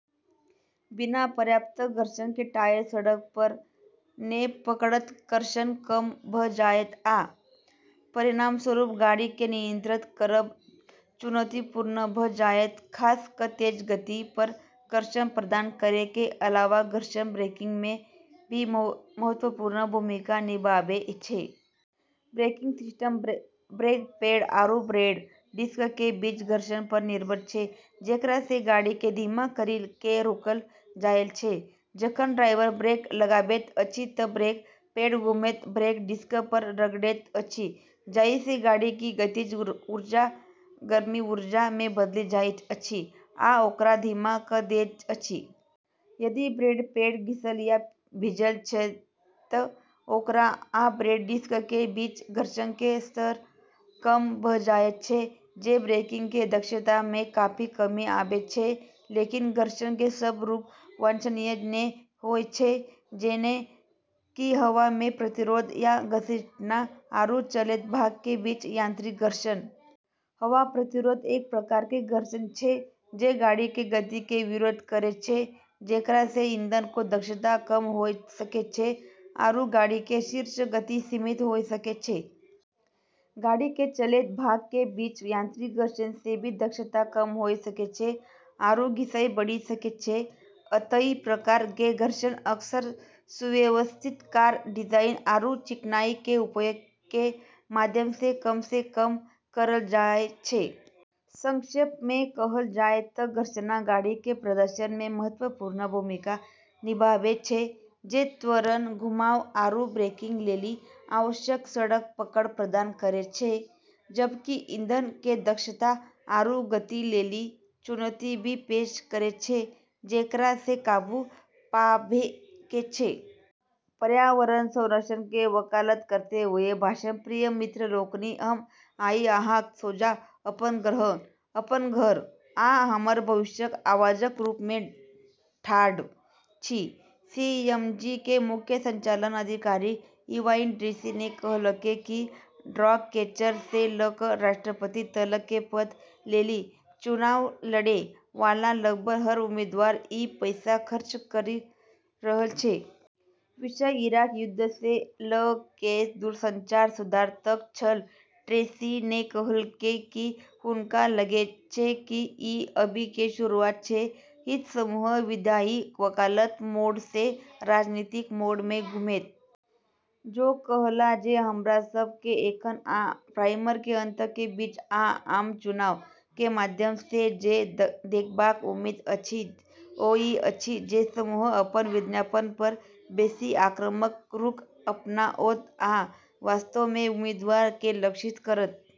बिना पर्याप्त घर्षण के टायर सड़क पर नै पकड़त, कर्षण कम भ जायत, आ परिणामस्वरूप गाड़ी के नियंत्रित करब चुनौतीपूर्ण भ जायत, खास क तेज गति पर। कर्षण प्रदान करै के अलावा घर्षण ब्रेकिंग में भी महत्वपूर्ण भूमिका निभाबै छै। ब्रेकिंग सिस्टम ब्रेक पैड आरू ब्रेक डिस्क के बीच घर्षण पर निर्भर छै जेकरा से गाड़ी के धीमा करी के रोकल जाय छै। जखन ड्राइवर ब्रेक लगाबैत अछि त ब्रेक पैड घूमैत ब्रेक डिस्क पर रगड़ैत अछि, जाहि से गाड़ी के गतिज ऊर्जा गर्मी ऊर्जा में बदलि जाइत अछि आ ओकरा धीमा क दैत अछि। यदि ब्रेक पैड घिसल या भीजल छै त ओकरा आ ब्रेक डिस्क के बीच घर्षण के स्तर कम भ जायत छै, जे ब्रेकिंग के दक्षता में काफी कमी आबै छै। लेकिन घर्षण के सब रूप वांछनीय नै होय छै, जेना कि हवा के प्रतिरोध या "घसीटना" आरू चलैत भाग के बीच यांत्रिक घर्षण। हवा प्रतिरोध एक प्रकार के घर्षण छै जे गाड़ी के गति के विरोध करै छै, जेकरा से ईंधन के दक्षता कम होय सकै छै आरू गाड़ी के शीर्ष गति सीमित होय सकै छै। गाड़ी के चलैत भाग के बीच यांत्रिक घर्षण से भी दक्षता कम होय सकै छै आरू घिसाई बढ़ी सकै छै। अतः ई प्रकार के घर्षण अक्सर सुव्यवस्थित कार डिजाइन आरू चिकनाई के उपयोग के माध्यम से कम से कम करल जाय छै। संक्षेप में कहल जाय त घर्षण गाड़ी के प्रदर्शन में महत्वपूर्ण भूमिका निभाबै छै, जे त्वरण, घुमाव, आरू ब्रेकिंग लेली आवश्यक सड़क पकड़ प्रदान करै छै जबकि ईंधन के दक्षता आरू गति लेली चुनौती भी पेश करै छै जेकरा से काबू पाबै के छै। पर्यावरण संरक्षण के वकालत करते हुए भाषण। प्रिय मित्र लोकनि, हम आइ अहाँक सोझाँ अपन ग्रह, अपन घर, आ हमर भविष्यक आवाजक रूप में ठाढ़ छी। सीएमएजी के मुख्य संचालन अधिकारी इवान ट्रेसी ने कहलकै कि डॉगकैचर से ल क राष्ट्रपति तलक के पद लेली चुनाव लड़ै वाला लगभग हर उम्मीदवार ई पैसा खर्च करी रहल छै। विषय इराक युद्ध से ल कए दूरसंचार सुधार तक छल। ट्रेसी ने कहलकै कि हुनका लगै छै कि ई अभी के शुरुआत छै हित समूह "विधायी वकालत मोड से राजनीतिक मोड में घुमैत।" ओ कहला जे हमरा सब के एखन आ प्राइमरी के अंत के बीच, आ आम चुनाव के माध्यम से जे देखबाक उम्मीद अछि, ओ इ अछि जे समूह अपन विज्ञापन पर बेसी आक्रामक रुख अपनाओत आ वास्तव में उम्मीदवार के लक्षित करत।